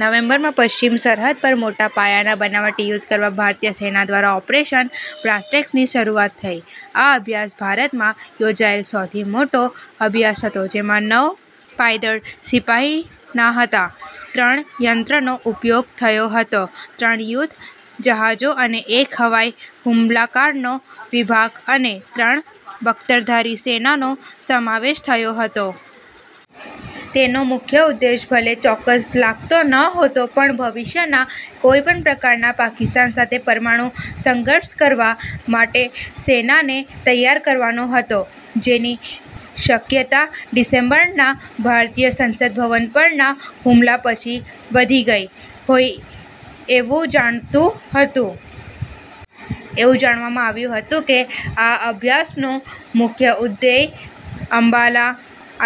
November માં પશ્ચિમ સરહદ પર મોટા પાયાના બનાવટી યુદ્ધ કરવા ભારતીય સેના દ્વારા ઓપરેશન બ્રાસટેકસની શરૂઆત થઈ. આ અભ્યાસ ભારતમાં યોજાયેલ સૌથી મોટો અભ્યાસ હતો, જેમાં નવ પાયદળ સિપાહીના હતા, ત્રણ યંત્રનો ઉપયોગ થયો હતો, ત્રણ યુદ્ધ જહાજો અને એક હવાઈ હુમલાકારનો વિભાગ અને ત્રણ બખ્તરધારી સેનાનો સમાવેશ થયો હતો. તેનો મુખ્ય ઉદ્દેશ ભલે ચોક્કસ લાગતો ન હતો પણ ભવિષ્યના કોઈપણ પ્રકારના પાકિસ્તાન સાથે પરમાણુ સંઘર્ષ કરવા માટે સેનાને તૈયાર કરવાનો હતો, જેની શકયતા ડિસેમ્બરના ભારતીય સંસદભવન પરના હુમલા પછી વધી ગઈ હોય, એવું જણાતું હતું. એવું જણાવવામાં આવ્યું હતું કે આ અભ્યાસનો મુખ્ય ધ્યેય અંબાલા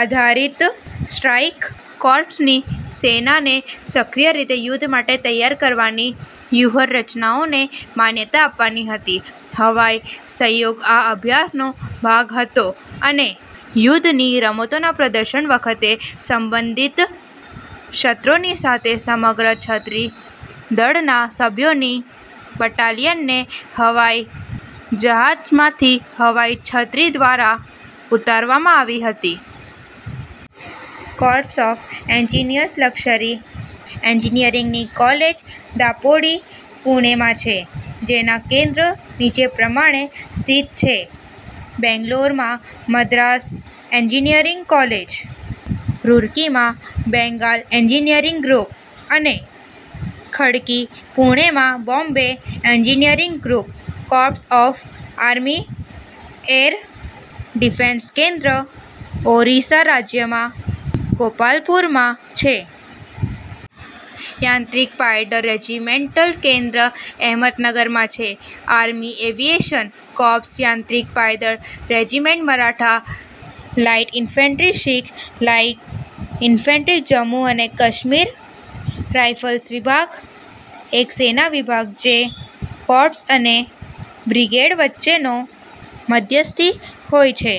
-આધારિત સ્ટ્રાઈક કોર્પ્સની સેનાને સક્રિય રીતે યુદ્ધ માટે તૈયાર કરવાની વ્યુહરચનાઓને માન્યતા આપવાની હતી. હવાઈ સહયોગ આ અભ્યાસનો ભાગ હતો, અને યુદ્ધની રમતોના પ્રદર્શન વખતે સંબંધિત શસ્ત્રોની સાથે સમગ્ર છત્રી દળના સભ્યોની બટાલીયનને હવાઈ જહાજમાંથી હવાઈ છત્રી દ્વારા ઉતારવામાં આવી હતી. કોર્પ્સ ઓફ એન્જીનિયર્સ લશ્કરી એન્જીનિયરીંગની કોલેજ દાપોડી, પૂણેમાં છે. જેના કેન્દ્ર નીચે પ્રમાણે સ્થિત છે બેંગ્લોરમાં મદ્રાસ એન્જીનિયરીંગ કોલેજ, રુરકીમાં બેંગાલ એન્જીનિયર ગ્રુપ, અને ખડકી પૂણેમાં Bombay engineering group. Corps of army air defence કેન્દ્ર ઓરીસ્સા રાજ્યમાં ગોપાલપુરમાં છે. યાંત્રિક પાયદળ રેજીમેન્ટલ કેન્દ્ર અહેમદનગરમાં છે. આર્મી એવીયેશન કોર્પ્સ યાંત્રિક પાયદળ regiment Maratha light infantry Sikh light infantry Jammu અને કાશ્મીર રાઇફલ્સ વિભાગ: એક સેના વિભાગ જે કોર્પ્સ અને બ્રિગેડ વચ્ચેનો મધ્યસ્થી હોય છે.